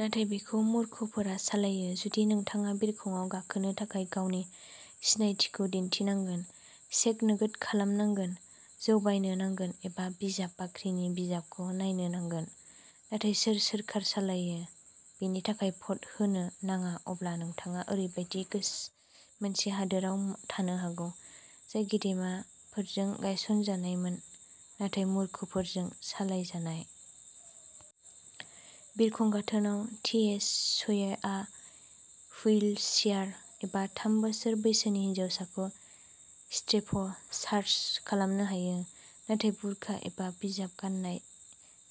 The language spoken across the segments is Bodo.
नाथाय बेखौ मूर्खफोरा सालायो। जुदि नोंथाङा बिरखंआव गाखोनो थाखाय गावनि सिनायथिखौ दिन्थिनांगोन, चेक नोगोद खालामनांगोन, जौ बायनो नांगोन, एबा बिजाब बाख्रिनि बिजाबखौ नायनो नांगोन, नाथाय सोर सोरखार सालायो बेनि थाखाय भ'ट होनो नाङा-अब्ला नोंथाङा ओरैबायदि मोनसे हादोरआव थानो हागौ, जाय गेदेमाफोरजों गायसनजानायमोन नाथाय मूर्खफोरजों सालायजानाय। बिरखं गाथोनाव टिएसएआ हुइलचेयार एबा थाम बोसोर बैसोनि हिनजावखौ स्ट्रिप-सार्च खालामनो हायो, नाथाय बुरका एबा हिजाब गान्नाय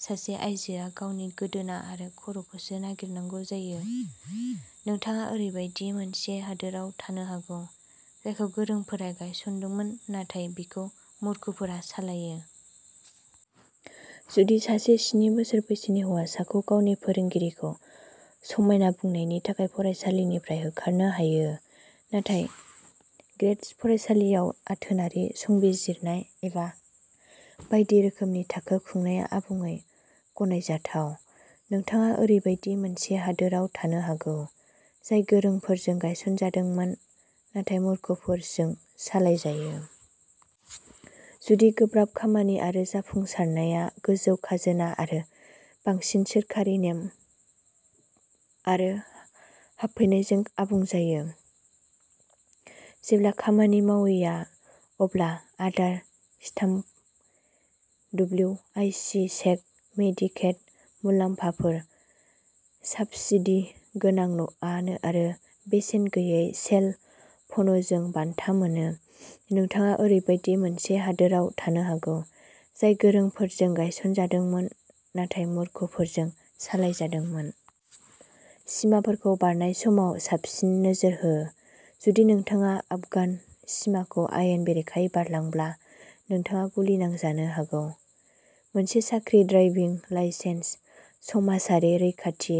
सासे आइजोआ गावनि गोदोना आरो खर'खौसो नागिरनांगौ जायो-नोंथाङा ओरैबायदि मोनसे हादोरआव थानो हागौ, जायखौ गोरोंफोरा गायसनदोंमोन नाथाय बेखौ मूर्खफोरा सालायो। जुदि सासे स्नि बोसोर बैसोनि हौवासाखौ गावनि फोरोंगिरिखौ "समायना" बुंनायनि थाखाय फरायसालिनिफ्राय होखारनो हायो, नाथाय ग्रेड फरायसालियाव आथोनारि संजिरनाय एबा बायदि रोखोमनि थाखो खुंनाया आबुङै गनायजाथाव-नोंथाङा ओरैबायदि मोनसे हादोरआव थानो हागौ, जाय गोरोंफोरजों गायसनजादोंमोन नाथाय मूर्खफोरजों सालायजायो। जुदि गोब्राब खामानि आरो जाफुंसारनाया गोजौ खाजोना आरो बांसिन सोरखारि नेम आरो हाबफैनायजों आबुं जायो, जेब्ला खामानि मावैया, अब्ला आदार स्टाम्प, डब्लिउआइसि चेक, मेडिकेड मुलाम्फाफोर, साब्सिडी गोनां न'आरो बेसेन गैयै सेल फ'नजों बान्था मोनो-नोंथाङा ओरैबायदि मोनसे हादोरआव थानो हागौ, जाय गोरोंफोरजों गायसनजादोंमोन नाथाय मूर्खफोरजों सालायजादोंमोन। सिमाफोरखौ बारनाय समाव साबसिन नोजोर हो! जुदि नोंथाङा आफगान सिमाखौ आयेन बेरेखायै बारलांब्ला, नोंथाङा गुलि नांजानो हागौ।... मोनसे साख्रि, ड्राइभिं लाइसेन्स, समाजारि रैखाथि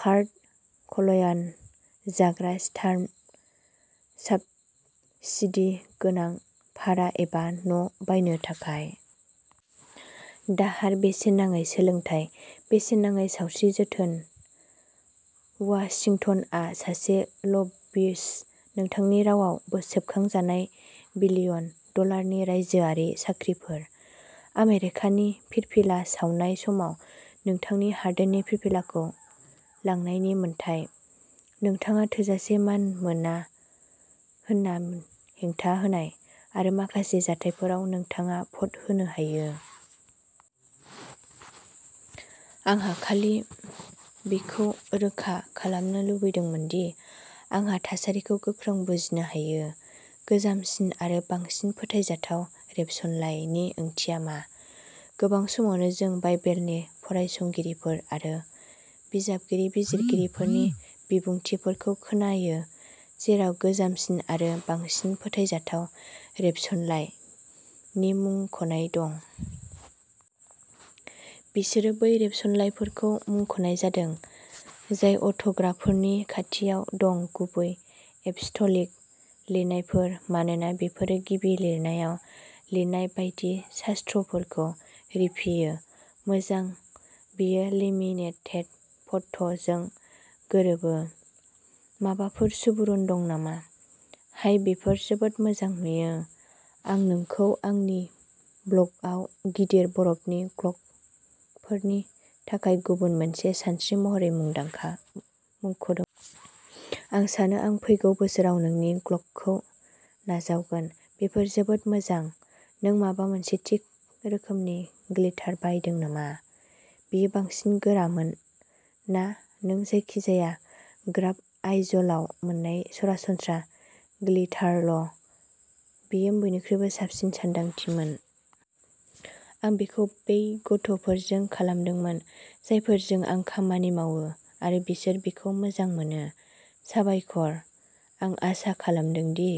कार्ड, कल्याण, जाग्रा स्टाम्प, साब्सिडी गोनां भारा एबा न'बायनो थाखाय दाहार, बेसेन नाङै सोलोंथाय, बेसेन नाङै सावस्रि जोथोन, वाशिंटनआव सासे लबिस्ट, नोंथांनि रावाव सेबखांजानाय बिलियन डलारनि रायजोआरि खाख्रिफोर, आमेरिकानि फिरफिला सावनाय समाव नोंथांनि हादोरनि फिरफिलाखौ लांनायनि मोन्थाइ, नोंथाङा थोजासे मान मोना होनना हेंथा होनाय, आरो माखासे जाथायफोराव, नोंथाङा भ'ट होनो हायो। आं खालि बेखौ रोखा खालामनो लुगैदोंमोन दि आंहा थासारिखौ गोख्रों बुजिनो हायो! "गोजामसिन आरो बांसिन फोथायजाथाव रेबसनलाइ" नि ओंथिया मा? गोबां समावनो जों बाइबेलनि फरायसंगिरिफोर आरो बिजाबारि बिजिरगिरिफोरनि बिबुंथिफोरखौ खोनायो जेराव "गोजामसिन आरो बांसिन फोथायजाथाव रेबसनलाइ" नि मुंख'नाय दं। बिसोरो बै रेबसनलाइफोरखौ मुंख'नाय जादों जाय अट'ग्राफफोरनि खाथियाव दं-गुबै एप'स्टलिक लिरनायफोर-मानोना बेफोरो गिबि लिरनायाव लिरनाय बायदि शास्त्रफोरखौ रिफियो। मोजां, बेयो लेमिनेटेड फट'जों गोरोबो। माबाफोर सुबुरुन दं नामा? हाय, बेफोर जोबोद मोजां नुयो। आं नोंखौ आंनि ब्ल'गआव गिदिर बरफनि ग्ल'बफोरनि थाखाय गुबुन मोनसे सानस्रि महरै मुंख'दोंमोन। आं सानो आं फैगौ बोसोराव नोंनि ग्ल'बखौ नाजावगोन। बेफोर जोबोद मोजां!!! नों माबा मोनसे थि रोखोमनि ग्लिटार बाहायदों नामा? बेयो बांसिन गोरामोन ना नों जायखिजाया क्राफ्ट आइजलाव मोननाय सरासनस्रा ग्लिटारल'? बेयो बयनिख्रुइ साबसिन सानदांथिमोन!! आं बेखौ बै गथ'फोरजों खालामदोंमोन, जायफोरजों आं खामानि मावो आरो बिसोर बेखौ मोजां मोनो!! साबायखर!! आं आसा खालामदों दि